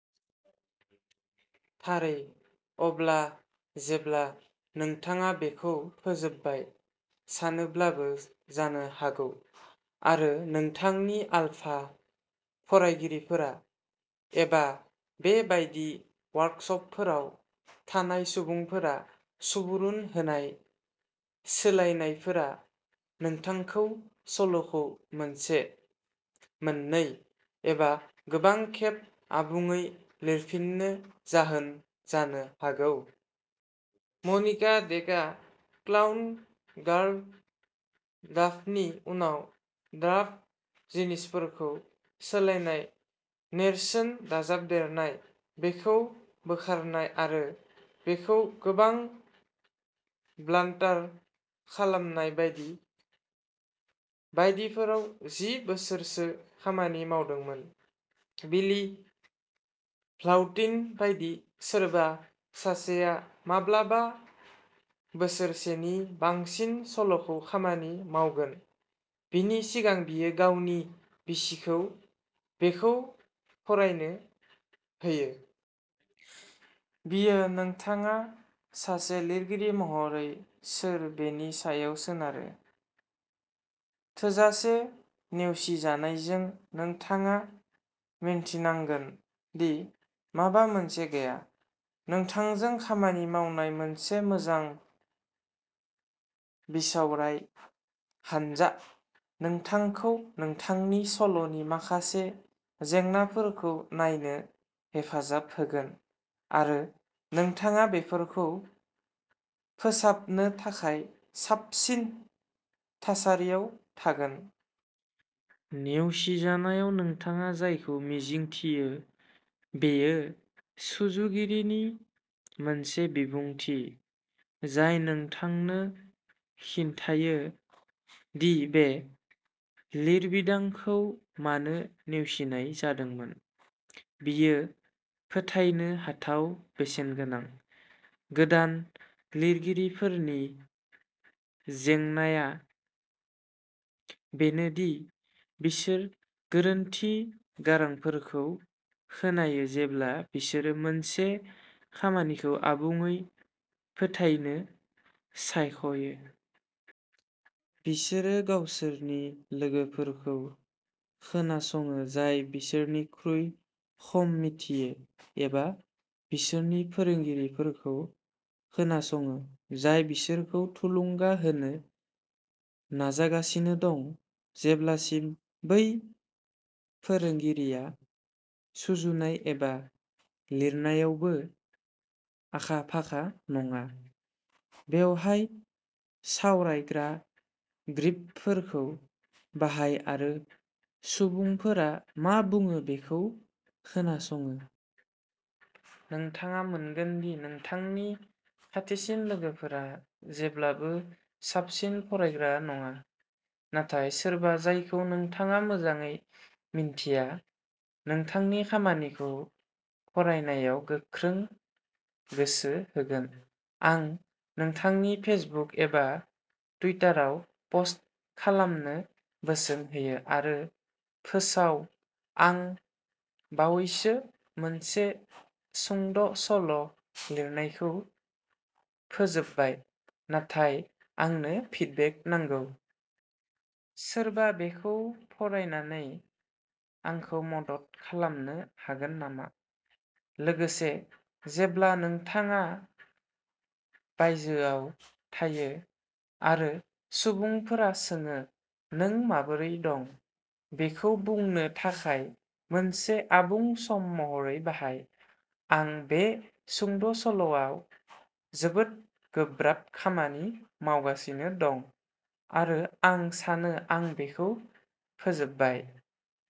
थारै। अब्ला, जेब्ला नोंथाङा बेखौ फोजोबबाय सानोब्लाबो जानो हागौ, आरो नोंथांनि आलफा फरायगिरिफोरा, एबा बे बायदि वर्कसपफोराव थानाय सुबुंफोरा सुबुरुन होनाय सोलायनायफोरा नोंथांखौ सल'खौ मोनसे, मोननै, एबा गोबां खेब आबुङै लिरफिन्नो जाहोन जानो हागौ। मनिका ड्रेकआ क्लाउन गार्ल, ड्राफ्टनि उनाव ड्राफ्ट, जिनिसफोरखौ सोलायनाय, नेरसोन दाजाबदेरनाय, बेखौ बोखारनाय आरो बेखौ गोबां ब्लान्टार खालामनाय बायदि बायदिफोराव जि बोसोरसो खामानि मावदोंमोन। विली भ्लाउटिन बायदि सोरबा सासेआ माब्लाबा बोसोरसेनि बांसिन सल'खौ खामानि मावगोन, बिनि सिगां बियो गावनि बिसिखौ बेखौ फरायनो होयो। बेयो नोंथाङा सासे लिरगिरि महरै सोर बेनि सायाव सोनारो। थोजासे नेवसिजानायजों, नोंथाङा मिन्थिनांगोन दि माबा मोनसे गैया। नोंथांजों खामानि मावनाय मोनसे मोजां बिसावराय हानजा नोंथांखौ नोंथांनि सल'नि माखासे जेंनाफोरखौ नायनो हेफाजाब होगोन आरो नोंथाङा बेफोरखौ फोसाबनो थाखाय साबसिन थासारियाव थागोन। नेवसिजानायाव नोंथाङा जायखौ मिजिंथियो बेयो सुजुगिरिनि मोनसे बिबुंथि जाय नोंथांनो खिन्थायो दि बे लिरबिदांखौ मानो नेवसिनाय जादोंमोन। बेयो फोथायनो हाथाव बेसेनगोनां। गोदान लिरगिरिफोरनि जेंनाआ बेनो दि बिसोर गोरोन्थि गारांफोरखौ खोनायो जेब्ला बिसोरो मोनसे खामानिखौ आबुङै फोथायनो सायख'यो। बिसोरो गावसोरनि लोगोफोरखौ खोनासङो जाय बिसोरनिख्रुइ खम मिथियो एबा बिसोरनि फोरोंगिरिफोरखौ खोनासङो जाय बिसोरखौ थुलुंगा होनो नाजागासिनो दं जेब्लासिम बै फोरोंगिरिया सुजुनाय एबा लिरनायावबो आखा-फाखा नङा। बेवहाय सावरायग्रा ग्रिपफोरखौ बाहाय आरो सुबुंफोरा मा बुङो बेखौ खोनासङो। नोंथाङा मोनगोन दि नोंथांनि खाथिसिन लोगोफोरा जेब्लाबो साबसिन फरायग्रा नङा, नाथाय सोरबा जायखौ नोंथाङा मोजाङै मिन्थिया, नोंथांनि खामानिखौ फरायनायाव गोख्रों गोसो होगोन। आं नोंथांनि फेसबुक एबा टुइटाराव पस्ट खालामनो बोसोन होयो आरो फोसाव आं बावैसो मोनसे सुंद' सल' लिरनायखौ फोजोबबाय नाथाय आंनो फिडबेक नांगौ। सोरबा बेखौ फरायनानै आंखौ मदद खालामनो हागोन नामा? लोगोसे, जेब्ला नोंथाङा बायजोआव थायो आरो सुबुंफोरा सोङो, नों माबोरै दं? बेखौ बुंनो थाखाय मोनसे आबुं सम महरै बाहाय, आं बे सुंद'सल'आव जोबोद गोब्राब खामानि मावगासिनो दं आरो आं सानो आं बेखौ फोजोबबाय।